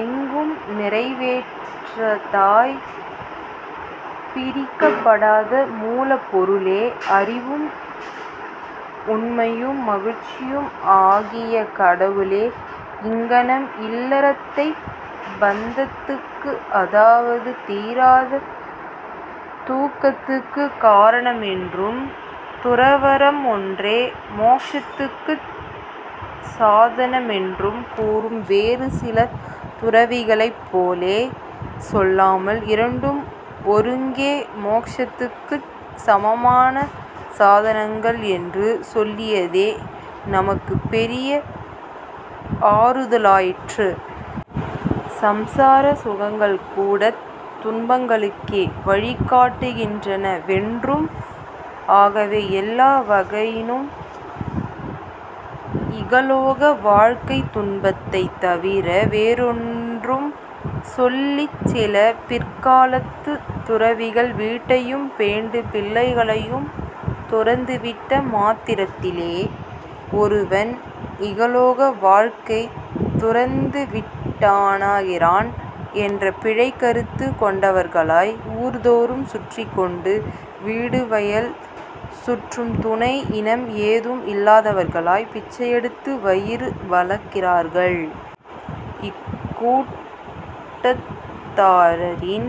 எங்கும் நிறைவற்றதாய்ப் பிரிக்கப்படாத மூலப்பொருளே! அறிவும், உண்மையும், மகிழ்ச்சியும் ஆகிய கடவுளே? ' இங்ஙனம், இல்லறத்தைப் பந்தத்துக்கு அதாவது, தீராத துக்கத்துக்குக் காரணமென்றும், துறவறம் ஒன்றே மோக்ஷத்துக்குச் சாதனமென்றும், கூறும் வேறு சில துறவிகளைப்போலே சொல்லாமல், இரண்டும் ஒருங்கே மோக்ஷத்துக்குச் சமமான சாதனங்கள் என்று சொல்லியதே நமக்குப் பெரிய ஆறுதலாயிற்று. சம்சார சுகங்கள் கூடத் துன்பங்களுக்கே வழிகாட்டுகின்றன வென்றும், ஆகவே எல்லா வகையினும் இகலோக வாழ்க்கை துன்பத்தைத் தவிர வேறில்லையென்றும் சொல்லிச் சில பிற்காலத்துத் துறவிகள், 'வீட்டையும் பெண்டு பிள்ளைகளையும் துறந்து விட்ட மாத்திரத்திலேயே ஒருவன் இகலோக வாழ்வைத் துறந்துவிட்டானாகிறான்' என்ற பிழைக் கருத்து கொண்டவர்களாய், ஊர்தோறும் சுற்றிக்கொண்டு, வீடு, வயில் சுற்றம் துணை இனம் ஏதும் இல்லாதவர்களாய், பிச்சையெடுத்து வயிறு வளர்க்கிறார்கள். இக் கூட்டத்தாரின்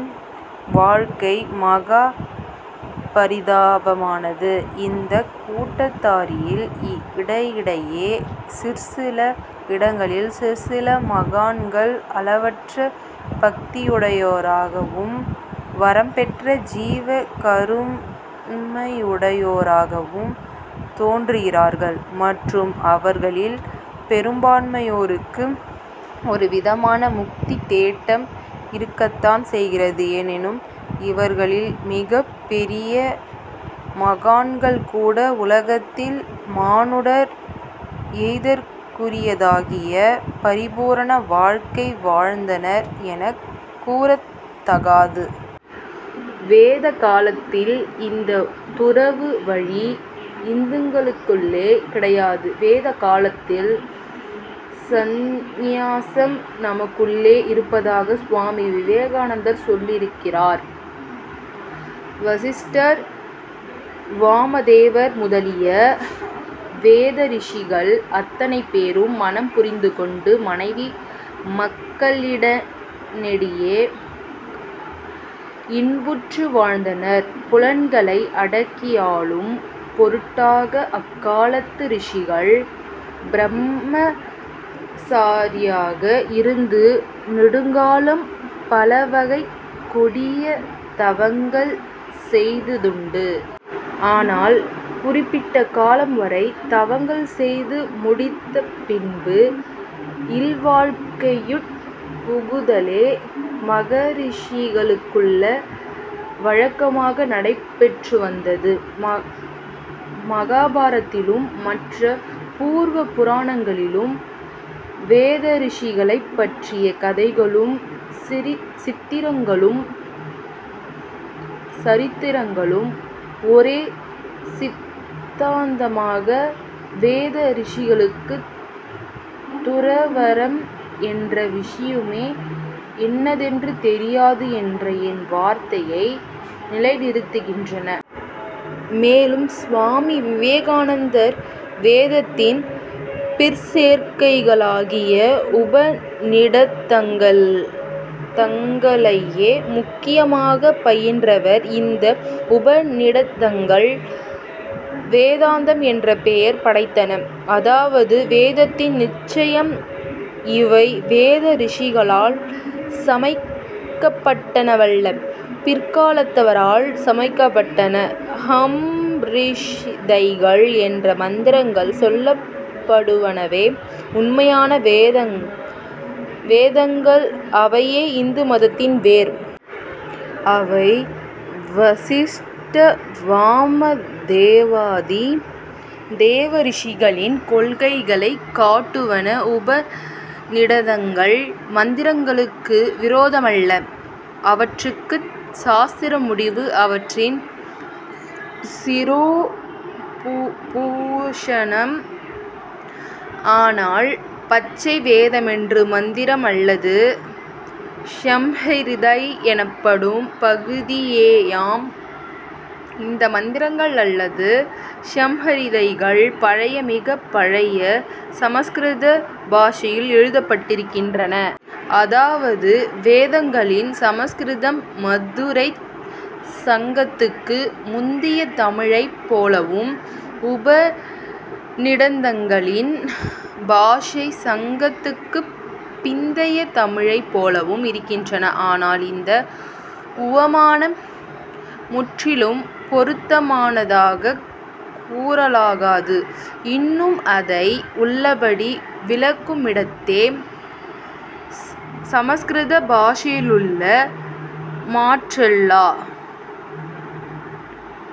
வாழ்க்கை மகா பரிதாபமானது. இந்தக் கூட்டத்தாரில் இடையிடையே சிற்சில இடங்களில் சிற்சில மகான்கள் அளவற்ற பக்தியுடையோராகவும், வரம்பற்ற ஜீவ காருண்யமுடையோராகவும் தோன்றுகிறார்கள். மற்றும் அவர்களில் பெரும்பான்மையோருக்கு ஒரு விதமான முக்தித் தேட்டம் இருக்கத்தான் செய்கிறது. எனினும், இவர்களில் மிகப் பெரிய மகான்கள் கூட, உலகத்தில் மானுடர் எய்தற்குரியதாகிய பரிபூரண வாழ்க்கை வாழ்ந்தனர் எனக் கூறத் தகாது. வேதகாலத்தில் இந்தத் துறவு வழி இந்துக்களுக்குள்ளே கிடையாது. வேத காலத்தில், சந்நியாசம் நமக்குள்ளே இருப்பதாக சுவாமி விவேகானந்தர் சொல்லியிருக்கிறார். வசிஷ்டர், வாமதேவர் முதலிய வேதரிஷிகள் அத்ததை பேரும் மணம் புரிந்துகொண்டு, மனைவி மக்களுடனேயே இன்புற்று வாழ்ந்தனர். புலன்களை அடக்கியாளும் பொருட்டாக, அக்காலத்து ரிஷிகள் பிரம்மசாரிகளாக இருந்து நெடுங்காலம் பலவகைக் கொடிய தவங்கள் செய்ததுண்டு. ஆனால், குறிப்பிட்ட காலம் வரை தவங்கள் செய்து முடித்துப் பின்பு இல்வாழ்க்கையுட் புகுதலே மகரிஷிகளுக்குள்ள வழக்கமாக நடைபெற்றுவந்தது. மகாபாரதத்திலும் மற்றப் பூர்வ பூராணங்களிலும் வேதரிஷிகளைப் பற்றிய கதைகளும் சரித்திரங்களும் ஒரே சித்தாந்தமாக வேத ரிஷிகளுக்குத் துறவறம் என்ற விஷயமே இன்னதென்று தெரியாது என்ற என் வார்த்தையை நிலைநிறுத்துகின்றன. மேலும் சுவாமி விவேகானந்தர் வேதத்தின் பிற்சேர்க்கைகளாகிய உபநிடதங்களையே முக்கியமாகப் பயின்றவர். இந்த உபநிடதங்கள் வேதாந்தம் என்ற பெயர் படைத்தன. அதாவது வேதத்தின் நிச்சயம் இவை வேத ரிஷிகளால் சமைப்பட்டனவல்ல. பிற்காலத்தவரால் சமைப்பட்டன. ஸம்ஹிதைகள் என்று மந்திரங்கள் சொல்லப்படுவனவே உண்மையான வேதங்கள். அவையே இந்து மதத்தின் வேர். அவை வசிஷ்ட வாமதேவாதி தேவ ரிஷிகளின் கொள்கைகளைக் காட்டுவன. உபநிடதங்கள் மந்திரங்களுக்கு விரோதமல்ல. அவற்றுக்குச் சாஸ்திர முடிவு. அவற்றின் சிரோபூஷணம். ஆனால், பச்சை வேதமென்று மந்திரம் அல்லது ஸம்ஹிதை எனப்படும் பகுதியேயாம். இந்த மந்திரங்கள் அல்லது ஸம்ஹிதைகள் பழைய மிகப் பழைய சமஸ்கிருத பாஷையில் எழுதப்பட்டிருக்கின்றன. அதாவது, வேதங்களின் சமஸ்கிருதம் மதுரைச் சங்கத்துக்கு முந்திய தமிழைப் போலவும் உபநிடதங்களின் பாஷை சங்கத்துக்குப் பிந்திய தமிழைப் போலவும் இருக்கின்றன. ஆனால், இந்த உவமானம் முற்றிலும் பொருத்தமானதாகக் கூறலாகாது. இன்னும் அதை உள்ளபடி விளக்குமிடத்தே. ஸம்ஸ்கிருத பாஷையிலுள்ள மாற்றெல்லா